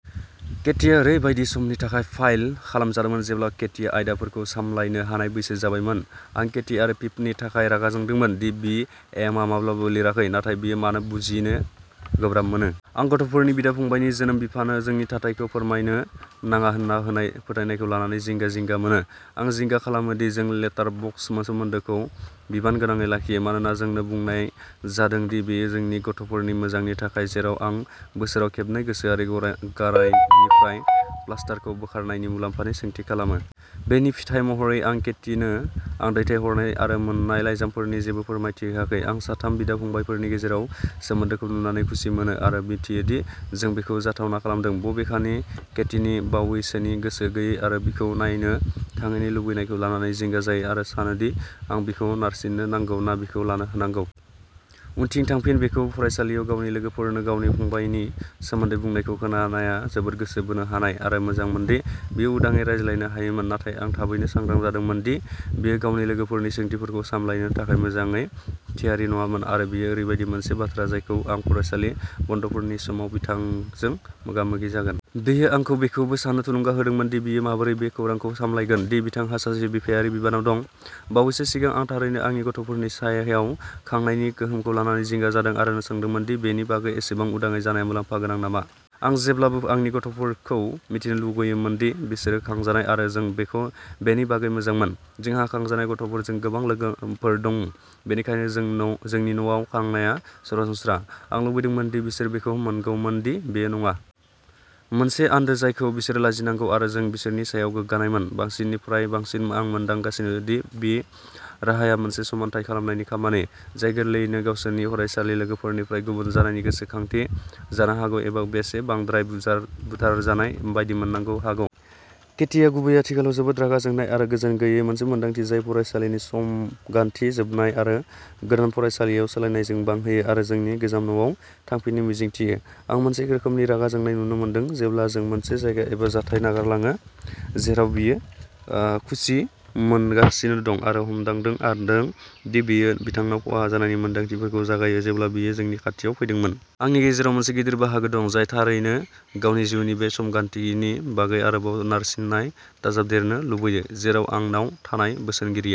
केटीआ ओरैबायदि समनि थाखाय फाइल खालामजादोंमोन जेब्ला केटीआ आयदाफोरखौ सामलायनो हानाय बैसो जाबायमोन। आं केटी आरो पिपनि थाखाय रागा जोंदोंमोन दि बी एम आ माब्लाबाबो लिराखै, नाथाय बियो मानो बेखौ बुजिनो गोब्राब मोनो। आं गथ'फोरनि बिदा-फंबायनि जोनोम बिफानो जोंनि थाथायखौ फोरमायनो नाङा होनना होनाय फोथायनायखौ लानानै जिंगा-जिंगा मोनो। आं जिंगा खालामो दि जों लेटारबक्स सोमोन्दोखौ बिबानगोनाङै लाखियो मानोना जोंनो बुंनाय जादों दि बेयो जोंनि गथ'फोरनि मोजांनि थाखाय, जेराव आं बोसोराव खेबनै गोसोआरि गराय गारायनिफ्राय प्लास्टारखौ बोखारनायनि मुलाम्फाखौ सोंथि खालामो। बेनि फिथाय महरै आं केटीनो आं दैथायहरनाय आरो मोन्नाय लाइजामफोरनि जेबो फोरमायथि होआखै। आं साथाम बिदा-फंबायफोरनि गेजेराव सोमोन्दोखौ नुनानै खुसि मोनो आरो मिथियो दि जों बेखौ जाथावना खालामदों, बबेखानि केटीनि बावैसोनि गोसो गैयै आरो बिखौ नायनो थांङैनि लुबैनायखौ लानानै जिंगा जायो आरो सानो दि आं बिखौ नारसिन्नो नांगौ ना बिखौ लानो होनांगौ। उनथिं थांफिन। बिखौ फरायसालियाव गावनि लोगोफोरनो गावनि फंबायनि सोमोन्दै बुंनायखौ खोनानाया जोबोद गोसो बोनो हानाय आरो मोजांमोनदि बियो उदाङै रायज्लायनो हायोमोन, नाथाय आं थाबैनो सांग्रां जादोंमोन दि बियो गावनि लोगोफोरनि सोंथिफोरखौ सामलायनो थाखाय मोजाङै थियारि नङामोन आरो बेयो ओरैबायदि मोनसे बाथ्रा जायखौ आं फरायसालि बन्द'फोरनि समाव बिथांजों मोगामोगि जागोन। बेयो आंखौ बेखौबो साननो थुलुंगा होदोंमोन दि बियो माबोरै बे खौरांखौ सामलायगोन दि बिथांहा सासे बिफायारि बिनानाव दं। बावैसो सिगां आं थारैनो आंनि गथ'फोरनि सायाव खांनायनि गोहोमखौ लानानै जिंगा जादों आरो सोंदोंमोन दि बेनि बागै एसेबां उदाङै जानाया मुलाम्फा गोनां नामा? आं जेब्लाबो आंनि गथ'फोरखौ मिथिनो लुगैयोमोन दि बिसोरो खांजानाय आरो जों बेखौ बेनि बागै मोजांमोन। जोंहा खांजानाय गथ'फोरजों गोबां लोगोफोर दं, बेनिखायनो जोंन जोंनि न'आव खांनाया सरासनस्रा। आं लुबैदोंमोन दि बिसोर बेखौ मोनगौमोन दि बेयो नङा। मोनसे आन्दो जायखौ बिसोरो लाजिनांगौ आरो जों बिसोरनि सायाव गोग्गानायमोन। बांसिननिफ्राय बांसिन आं मोनदांगासिनो दि बे राहाया मोनसे समानथाय खालामनाय खामानि, जाय गोरलैयैनो गावसोरनि फरायसालि लोगोफोरनिफ्राय गुबुन जानायनि गोसोखांथि जानो हागौ एबा एसे बांद्राय बुजानाय बुथारजानाय बायदि मोनदांनो हागौ। केटीआ गुबैयै आथिखालाव जोबोद रागा जोंनाय आरो गोजोन गैयै, मोनसे मोन्दांथि जाय फरायसालिनि समगान्थि जोबनाय आरो गोदान फरायसालियाव सोलायनायजों बांहोयो आरो जोंनि गोजाम न'आव थांफिननो मिजिंथियो। आं मोनसे रोखोमनि रागा जोंनाय नुनो मोनदों जेब्ला जों मोनसे जायगा एबा जाथाय नागारलाङो जेराव बियो ओ खुसि मोनदांगासिनो दं आरो हमदांनो हादों दि बेयो बिथांनाव खहा जानायनि मोनदांथिफोरखौ जागायो जेब्ला बियो जोंनि खाथियाव फैदोंमोन। आंनि गेजेराव मोनसे गिदिर बाहागो दं जाय थारैनो गावनि जिउनि बे समगान्थिनि बागै आरोबाव नारसिननाय दाजाबदेरनो लुबैया, जेराव आंनाव थानाय बोसोनगिरिया।